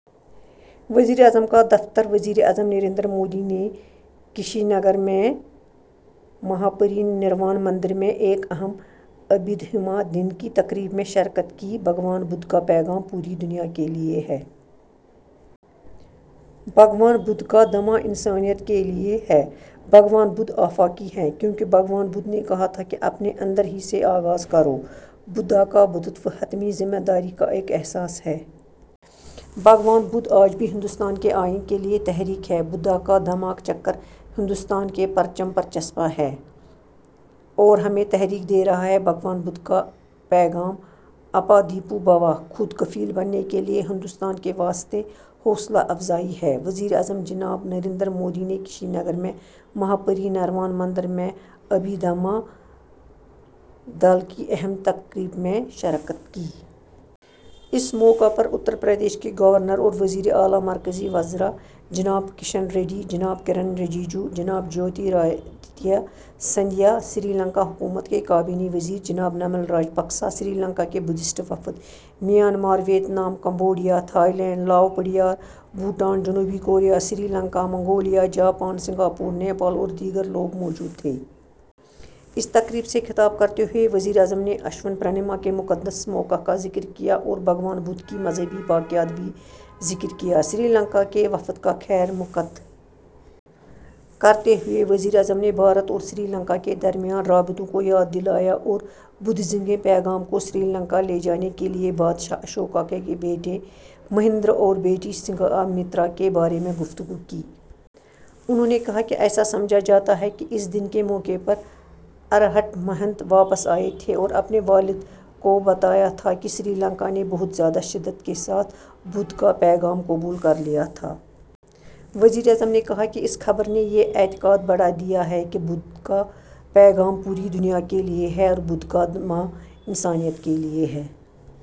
وزیراعظم کا دفتر وزیر اعظم نریندر مودی نے کشی نگر میں مہا پری نروان مندر میں ایک اہم ابھیدھما دن کی تقریب میں شرکت کی بھگوان بدھ کا پیغام پوری دنیا کیلئے ہے، بھگوان بدھ کا دھما انسانیت کیلئے ہے بھگوان بدھ آفاقی ہیں کیونکہ بھگوان بدھ نے کہا تھا کہ اپنے اندر ہی سے آغاز کرو، بدھا کا بدھتوا حتمی ذمہ داری کا ایک احساس ہے بھگوان بدھ آج بھی ہندوستان کے آئین کیلئے تحریک ہے بدھا کا دھما چکر ہندوستان کے پرچم پر چسپاں ہے اور ہمیں تحریک دے رہا ہے بھگوان بدھ کا پیغام 'اپا دیپو بھوا' خود کفیل بننے کیلئے ہندوستان کے واسطے حوصلہ افزائی ہے وزیر اعظم جناب نریندر مودی نے کشی نگر میں مہا پری نروان مندر میں ابھی دھما دل کی اہم تقریب میں شرکت کی۔ اس موقع پر اترپردیش کے گورنر اور وزیر اعلیٰ ،مرکزی وززرا جناب کشن ریڈی ، جناب کرن رجیجو ،جناب جیو تی رادتیہ سندھیا ،سری لنکا حکومت کے کابینی وزیر جناب نمل راج پکسا ،سری لنکا کے بدھسٹ وفد ,Myanmar, Vietnam, Cambodia, Thailand, Lao PDR, Bhutan ،جنوبی Korea, Sri Lanka, Mongolia, Japan ،Singapore ,Nepal اور دیگر لوگ موجود تھے۔ اس تقریب سے خطاب کرتے ہوئے وزیر اعظم نے اشون پرنما کے مقدس موقع کا ذکر کیا اور بھگوان بدھ کی مذہبی باقیات بھی ذکر کیا۔ سری لنکا کے وفد کا خیر مقد کرتے ہوئے وزیر اعظم نے بھارت اور سری لنکا کے درمیان رابطوں کو یاد دلایا اور بدھ ازم کے پیغام کو سری لنکا لے جانے کے لئے بادشاہ اشوکا کے بیٹے مہندرا اور بیٹی سنگھا مترا کے بارے میں گفتگو کی۔ انہوں نے کہا کہ ایسا سمجھا جاتا ہے کہ اس دن کے موقع پر 'ارہٹ مہند' واپس آئے تھے اور اپنے والد کو بتایا تھا کہ سری لنکا نے بہت زیادہ شدت کے ساتھ بدھ کا پیغام قبول کرلیا تھا۔ وزیر اعظم نے کہا کہ اس خبر نے یہ اعتقاد بڑھادیا ہے کہ بدھ کا پیغام پوری دنیا کیلئے ہے اور بدھ کا دھما انسانیت کیلئے ہے۔